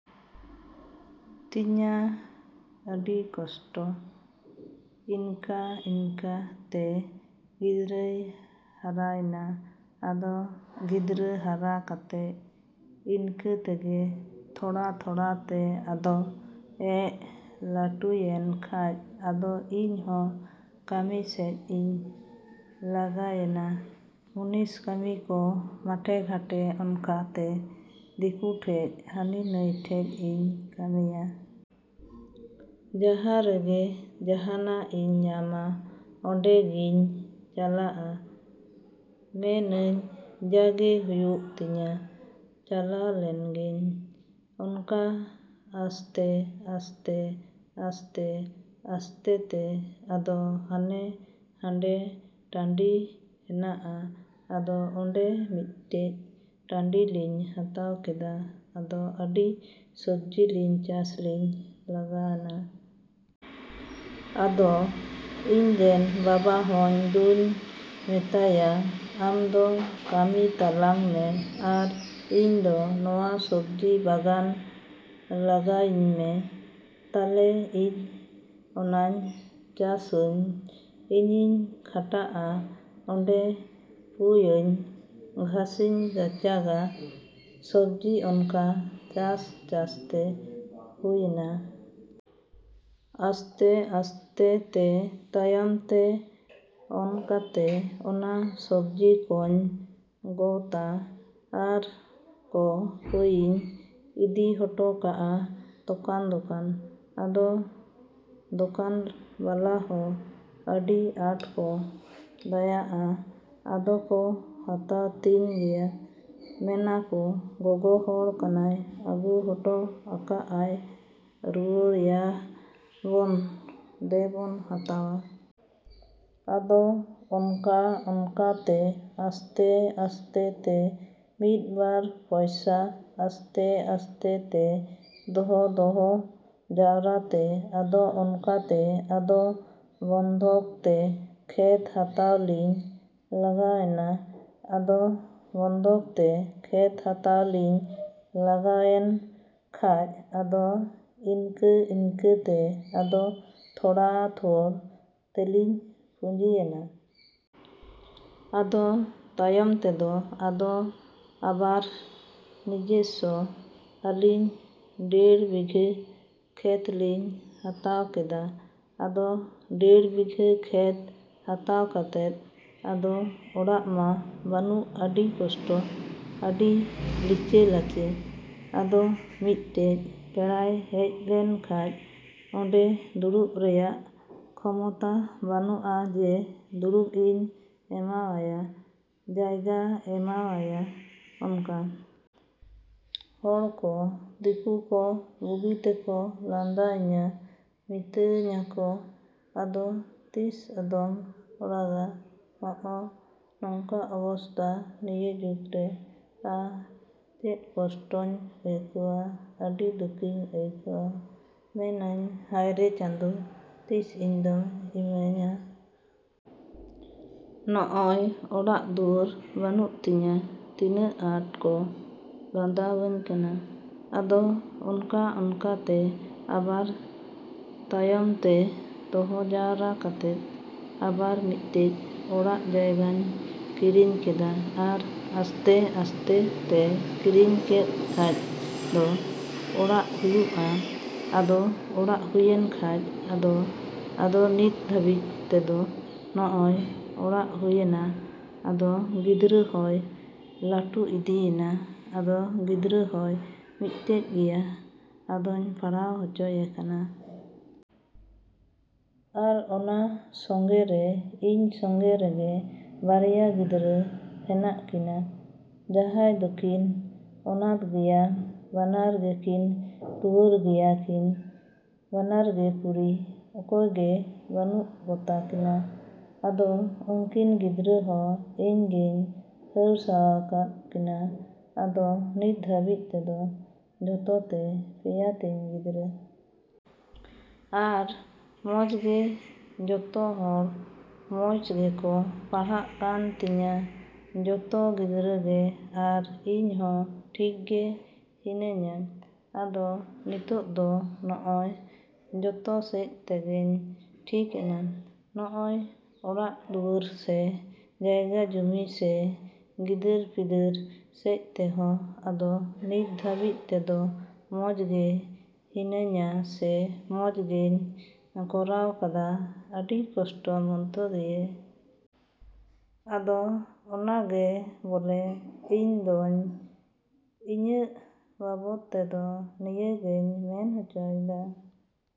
ᱛᱤᱧᱟ, ᱟᱹᱰᱤ ᱠᱚᱥᱴᱚ᱾ ᱤᱱᱠᱟᱼᱤᱱᱠᱟ ᱛᱮ ᱜᱤᱫᱽᱨᱟᱹᱭ ᱦᱟᱨᱟᱭᱱᱟ᱾ ᱟᱫᱚ ᱜᱤᱫᱽᱨᱟᱹ ᱦᱟᱨᱟ ᱠᱟᱛᱮ ᱤᱱᱠᱟᱹ ᱛᱮᱜᱮ ᱛᱷᱚᱲᱟᱼᱛᱷᱚᱲᱟ ᱛᱮ ᱟᱫᱚ ᱮᱸᱜ ᱞᱟᱴᱩᱭᱮᱱ ᱠᱷᱟᱡ ᱟᱫᱚ ᱤᱧ ᱦᱚᱸ ᱠᱟᱢᱤ ᱥᱮᱡ ᱤᱧ ᱞᱟᱜᱟᱭᱮᱱᱟ᱾ ᱢᱩᱱᱤᱥ ᱠᱟᱹᱢᱤ ᱠᱚ ᱢᱟᱴᱷᱮᱼᱜᱷᱟᱴᱮ ᱚᱱᱠᱟ ᱛᱮ ᱫᱤᱠᱩ ᱴᱷᱮᱡ ᱦᱟᱹᱱᱤ ᱱᱟᱹᱭ ᱴᱷᱮᱡ ᱤᱧ ᱠᱟᱹᱢᱤᱭᱟ᱾ ᱡᱟᱦᱟᱸ ᱨᱮᱜᱮ ᱡᱟᱦᱟᱱᱟᱜ ᱤᱧ ᱧᱟᱢᱟ ᱚᱸᱰᱮᱜᱤᱧ ᱪᱟᱞᱟᱜᱼᱟ᱾ ᱢᱮᱱᱟᱹᱧ ᱡᱟᱜᱮ ᱦᱩᱭᱩᱜ ᱛᱤᱧᱟ ᱪᱟᱞᱟᱣ ᱞᱮᱱᱜᱮᱧ᱾ ᱚᱱᱠᱟ ᱟᱥᱛᱮᱼᱟᱥᱛᱮᱼᱟᱥᱛᱮᱼᱟᱥᱛᱮ ᱛᱮ ᱟᱫᱚ ᱦᱟᱱᱮ ᱦᱟᱸᱰᱮ ᱴᱟᱸᱰᱤ ᱦᱮᱱᱟᱜᱼᱟ ᱟᱫᱚ ᱚᱸᱰᱮ ᱢᱤᱫᱴᱮᱡ ᱴᱟᱸᱰᱤ ᱞᱤᱧ ᱦᱟᱛᱟᱣ ᱠᱮᱫᱟ᱾ ᱟᱫᱚ ᱟᱹᱰᱤ ᱥᱚᱵᱽᱡᱤ ᱞᱤᱧ ᱪᱟᱥ ᱞᱤᱧ ᱞᱟᱜᱟᱣᱮᱱᱟ᱾ ᱟᱫᱚ ᱤᱧ ᱨᱮᱱ ᱵᱟᱵᱟ ᱦᱚᱧ ᱫᱩᱧ ᱢᱮᱛᱟᱭᱟ, ᱟᱢ ᱫᱚ ᱠᱟᱹᱢᱤ ᱛᱟᱞᱟᱝ ᱢᱮ ᱟᱨ ᱤᱧ ᱫᱚ ᱱᱚᱶᱟ ᱥᱚᱵᱡᱤ ᱵᱟᱜᱟᱱ ᱞᱟᱜᱟᱣᱤᱧ ᱢᱮ, ᱛᱟᱞᱮ ᱤᱧ ᱚᱱᱟᱧ ᱪᱟᱥᱟᱹᱧ, ᱤᱧᱤᱧ ᱠᱷᱟᱴᱟᱜᱼᱟ ᱚᱸᱰᱮ ᱯᱩᱭᱟᱹᱧ ᱜᱷᱟᱸᱥᱤᱧ ᱨᱟᱪᱟᱜᱟ, ᱥᱚᱵᱡᱤ ᱚᱱᱠᱟ ᱪᱟᱥᱼᱪᱟᱥ ᱛᱮ ᱦᱩᱭᱮᱱᱟ᱾ ᱟᱥᱛᱮᱼᱟᱥᱛᱮ ᱛᱮ ᱛᱟᱭᱚᱢ ᱛᱮ ᱚᱱᱠᱟᱛᱮ ᱚᱱᱟ ᱥᱚᱵᱽᱡᱤ ᱠᱚᱧ ᱜᱚᱛᱟ ᱟᱨ ᱠᱚᱯᱟᱹᱭᱤᱧ ᱤᱫᱤ ᱦᱚᱴᱚ ᱠᱟᱜᱼᱟ ᱫᱚᱠᱟᱱᱼᱫᱚᱠᱟᱱ᱾ ᱟᱫᱚ ᱫᱚᱠᱟᱱ ᱵᱟᱞᱟ ᱦᱚᱸ ᱟᱹᱰᱤ ᱟᱸᱴᱠᱚ ᱫᱟᱭᱟᱜᱼᱟ, ᱟᱫᱚ ᱠᱚ ᱦᱟᱛᱟᱣ ᱛᱤᱧ ᱜᱮᱭᱟ, ᱢᱮᱱᱟᱠᱚ ᱜᱚᱜᱚ ᱦᱚᱲ ᱠᱟᱱᱟᱭ ᱟᱹᱜᱩ ᱦᱚᱴᱚ ᱟᱠᱟᱜ ᱟᱭ ᱨᱩᱣᱟᱹᱲᱮᱭᱟ ᱵᱚᱱ, ᱫᱮ ᱵᱚᱱ ᱦᱟᱛᱟᱣᱟ᱾ ᱟᱫᱚ ᱚᱱᱠᱟᱼᱚᱱᱠᱟᱛᱮ ᱟᱥᱛᱮ ᱟᱥᱛᱮᱼᱛᱮ ᱢᱤᱫ ᱵᱟᱨ ᱯᱚᱭᱥᱟ ᱟᱥᱛᱮᱼᱟᱥᱛᱮᱼᱛᱮ ᱫᱚᱦᱚᱼᱫᱚᱦᱚ ᱡᱟᱣᱨᱟ ᱛᱮ ᱟᱫᱚ ᱚᱱᱠᱟ ᱛᱮ ᱟᱫᱚ ᱵᱚᱱᱫᱷᱚᱠ ᱛᱮ ᱠᱷᱮᱛ ᱦᱟᱛᱟᱣ ᱞᱤᱧ ᱞᱟᱜᱟᱣᱮᱱᱟ᱾ ᱟᱫᱚ ᱵᱚᱱᱫᱷᱚᱠ ᱛᱮ ᱠᱷᱮᱛ ᱦᱟᱛᱟᱣ ᱞᱤᱧ ᱞᱟᱜᱟᱣᱮᱱ ᱠᱷᱟᱡ ᱟᱫᱚ ᱤᱱᱠᱟᱹ ᱤᱱᱠᱟᱹ ᱛᱮ ᱟᱫᱚ ᱛᱷᱚᱲᱟᱼᱛᱷᱚᱲ ᱛᱮᱞᱤᱧ ᱯᱩᱸᱡᱤᱭᱮᱱᱟ᱾ ᱟᱫᱚ ᱛᱟᱭᱚᱢ ᱛᱮᱫᱚ ᱟᱫᱚ ᱟᱵᱟᱨ ᱱᱤᱡᱮᱥᱥᱚ ᱟᱹᱞᱤᱧ ᱰᱮᱲ ᱵᱤᱜᱷᱟᱹ ᱠᱷᱮᱛ ᱞᱤᱧ ᱦᱟᱛᱟᱣ ᱠᱮᱫᱟ᱾ ᱟᱫᱚ ᱰᱮᱲ ᱵᱤᱜᱷᱟᱹ ᱠᱷᱮᱛ ᱦᱟᱛᱟᱣ ᱠᱟᱛᱮᱫ ᱟᱫᱚ ᱚᱲᱟᱜ ᱢᱟ ᱵᱟᱱᱩᱜ ᱟᱹᱰᱤ ᱠᱚᱥᱴᱚ, ᱟᱹᱰᱤ ᱞᱤᱪᱟᱹ ᱞᱟᱪᱮ᱾ ᱟᱫᱚ ᱢᱤᱫᱴᱮᱡ ᱯᱮᱲᱟᱭ ᱦᱮᱡ ᱞᱮᱱ ᱠᱷᱟᱡ ᱚᱸᱰᱮ ᱫᱩᱲᱩᱵ ᱨᱮᱭᱟᱜ ᱠᱷᱚᱢᱚᱛᱟ ᱵᱟᱹᱱᱩᱜᱼᱟ ᱡᱮ ᱫᱩᱲᱩᱵ ᱤᱧ ᱮᱢᱟᱣᱟᱭᱟ ᱡᱟᱭᱜᱟ ᱮᱢᱟᱣᱟᱭᱟ ᱚᱱᱠᱟ᱾ ᱦᱚᱲ ᱠᱚ, ᱫᱤᱠᱩ ᱠᱚ ᱵᱩᱜᱤ ᱛᱮᱠᱚ ᱞᱟᱸᱫᱟ ᱤᱧᱟ ᱢᱤᱛᱟᱹᱧᱟᱠᱚ ᱟᱫᱚ ᱛᱤᱥ ᱟᱫᱚᱢ ᱚᱲᱜᱟ? ᱦᱚᱸᱜᱼᱚ ᱱᱚᱝᱠᱟ ᱚᱵᱚᱥᱛᱟ ᱱᱤᱭᱟᱹ ᱡᱩᱜᱽ ᱨᱮ᱾ ᱟ, ᱪᱮᱫ ᱠᱚᱥᱴᱚᱧ ᱟᱹᱭᱠᱟᱹᱣᱟ, ᱟᱰᱤ ᱫᱩᱠᱤᱧ ᱟᱹᱭᱠᱟᱹᱣᱟ, ᱢᱮᱱᱟᱹᱧ ᱦᱟᱭ ᱨᱮ ᱪᱟᱸᱫᱚ ᱛᱤᱥ ᱤᱧ ᱫᱚᱢ ᱤᱢᱟᱹᱧᱟ? ᱱᱚᱜᱼᱚᱭ ᱚᱲᱟᱜ ᱫᱩᱣᱟᱹᱨ ᱵᱟᱱᱩᱜ ᱛᱤᱧᱟ ᱛᱤᱱᱟᱹᱜ ᱟᱸᱴ ᱠᱚ ᱞᱟᱸᱫᱟᱣᱟᱹᱧ ᱠᱟᱱᱟ᱾ ᱟᱫᱚ ᱚᱱᱠᱟᱼᱚᱱᱠᱟᱛᱮ ᱟᱵᱟᱨ ᱛᱟᱭᱚᱢ ᱛᱮ ᱫᱚᱦᱚ ᱡᱟᱣᱨᱟ ᱠᱟᱛᱮᱫ ᱟᱵᱟᱨ ᱢᱤᱫᱴᱮᱡ ᱚᱲᱜ ᱡᱟᱭᱜᱟᱧ ᱠᱤᱨᱤᱧ ᱠᱮᱫᱟ ᱟᱨ ᱟᱥᱛᱮᱼᱟᱥᱛᱮ ᱛᱮ ᱠᱤᱨᱤᱧ ᱠᱮᱫ ᱠᱷᱟᱡ ᱫᱚ ᱚᱲᱟᱜ ᱦᱩᱭᱩᱜᱼᱟ, ᱟᱫᱚ ᱚᱲᱜ ᱦᱩᱭᱮᱱ ᱠᱷᱟᱡ ᱟᱫᱚ ᱟᱫᱚ ᱱᱤᱛ ᱫᱷᱟᱹᱵᱤᱡ ᱛᱮᱫᱚ ᱱᱚᱜᱼᱚᱭ ᱚᱲᱟᱜ ᱦᱩᱭᱮᱱᱟ ᱟᱫᱚ ᱜᱤᱫᱽᱨᱟᱹ ᱦᱚᱸᱭ ᱞᱟᱹᱴᱩ ᱤᱫᱤᱭᱮᱱᱟ, ᱟᱫᱚ ᱜᱤᱫᱽᱨᱟᱹ ᱦᱚᱸᱭ ᱢᱤᱫᱴᱮᱡ ᱜᱮᱭᱟ ᱟᱫᱚᱧ ᱯᱟᱲᱦᱟᱣ ᱦᱚᱪᱚᱭᱮ ᱠᱟᱱᱟ᱾ ᱟᱨ ᱚᱱᱟ ᱥᱚᱸᱜᱮ ᱨᱮ ᱤᱧ ᱥᱚᱸᱜᱮ ᱨᱮᱜᱮ ᱵᱟᱨᱭᱟ ᱜᱤᱫᱽᱨᱟᱹ ᱦᱮᱱᱟᱜ ᱠᱤᱱᱟ᱾ ᱡᱟᱦᱟᱭ ᱫᱚᱠᱤᱱ ᱚᱱᱟᱛᱷ ᱜᱮᱭᱟ ᱵᱟᱱᱟᱨ ᱜᱮᱠᱤᱱ ᱴᱩᱣᱟᱹᱨ ᱜᱮᱭᱟ ᱠᱤᱱ, ᱵᱟᱱᱟᱨ ᱜᱮ ᱠᱩᱲᱤ ᱚᱠᱚᱭ ᱜᱮ ᱵᱟᱹᱱᱩᱜ ᱠᱚᱛᱟ ᱠᱤᱱᱟ᱾ ᱟᱫᱚ ᱩᱱᱠᱤᱱ ᱜᱤᱫᱽᱨᱟᱹ ᱦᱚᱸ ᱤᱧ ᱜᱤᱧ ᱦᱟᱹᱨ ᱥᱟᱶᱦᱟᱣᱟᱠᱟᱫ ᱠᱤᱱᱟ ᱟᱫᱚ ᱱᱤᱛ ᱫᱷᱟᱹᱨᱤᱡ ᱛᱮᱫᱚ ᱡᱷᱚᱛᱚ ᱛᱮ ᱯᱮᱭᱟ ᱛᱤᱧ ᱜᱤᱫᱽᱨᱟᱹ᱾ ᱟᱨ ᱢᱚᱸᱡᱽ ᱜᱮ ᱡᱚᱛᱚ ᱦᱚᱲ ᱢᱚᱸᱡᱽ ᱜᱮᱠᱚ ᱯᱟᱲᱦᱟᱜ ᱠᱟᱱ ᱛᱤᱧᱟ ᱡᱚᱛᱚ ᱜᱤᱫᱽᱨᱟᱹ ᱜᱮ ᱟᱨ ᱤᱧ ᱦᱚᱸ ᱴᱷᱤᱠ ᱜᱮ ᱦᱤᱱᱟᱹᱧᱟ᱾ ᱟᱫᱚ ᱱᱤᱛᱳᱝ ᱫᱚ ᱱᱚᱜᱼᱚᱭ ᱡᱚᱛᱚ ᱥᱮᱡ ᱛᱮᱜᱮᱧ ᱴᱷᱤᱠ ᱮᱱᱟ, ᱱᱚᱜᱼᱚᱭ ᱚᱲᱟᱜ ᱫᱩᱣᱟᱹᱨ ᱥᱮ ᱡᱟᱭᱜᱟ ᱡᱩᱢᱤ ᱥᱮ ᱜᱤᱫᱟᱹᱨᱼᱯᱤᱫᱟᱹᱨ ᱥᱮᱡ ᱛᱮᱦᱚᱸ ᱟᱫᱚ ᱱᱤᱛ ᱫᱷᱟᱹᱵᱤᱡ ᱛᱮᱫᱚ ᱢᱚᱸᱡᱽ ᱜᱮ ᱦᱤᱱᱟᱹᱧᱟ ᱥᱮ ᱢᱚᱸᱡᱽ ᱜᱮᱧ ᱠᱚᱨᱟᱣ ᱠᱟᱫᱟ ᱟᱹᱰᱤ ᱠᱚᱥᱴᱚ ᱢᱚᱫᱽᱫᱷᱚ ᱫᱤᱭᱮ᱾ ᱟᱫᱚ ᱚᱱᱟ ᱜᱮ ᱵᱚᱞᱮ ᱤᱧ ᱫᱚᱧ ᱤᱧᱟᱹᱜ ᱵᱟᱵᱚᱫ ᱛᱮᱫᱚ ᱱᱤᱭᱟᱹ ᱜᱮᱧ ᱢᱮᱱ ᱦᱚᱪᱚᱭᱮᱫᱟ।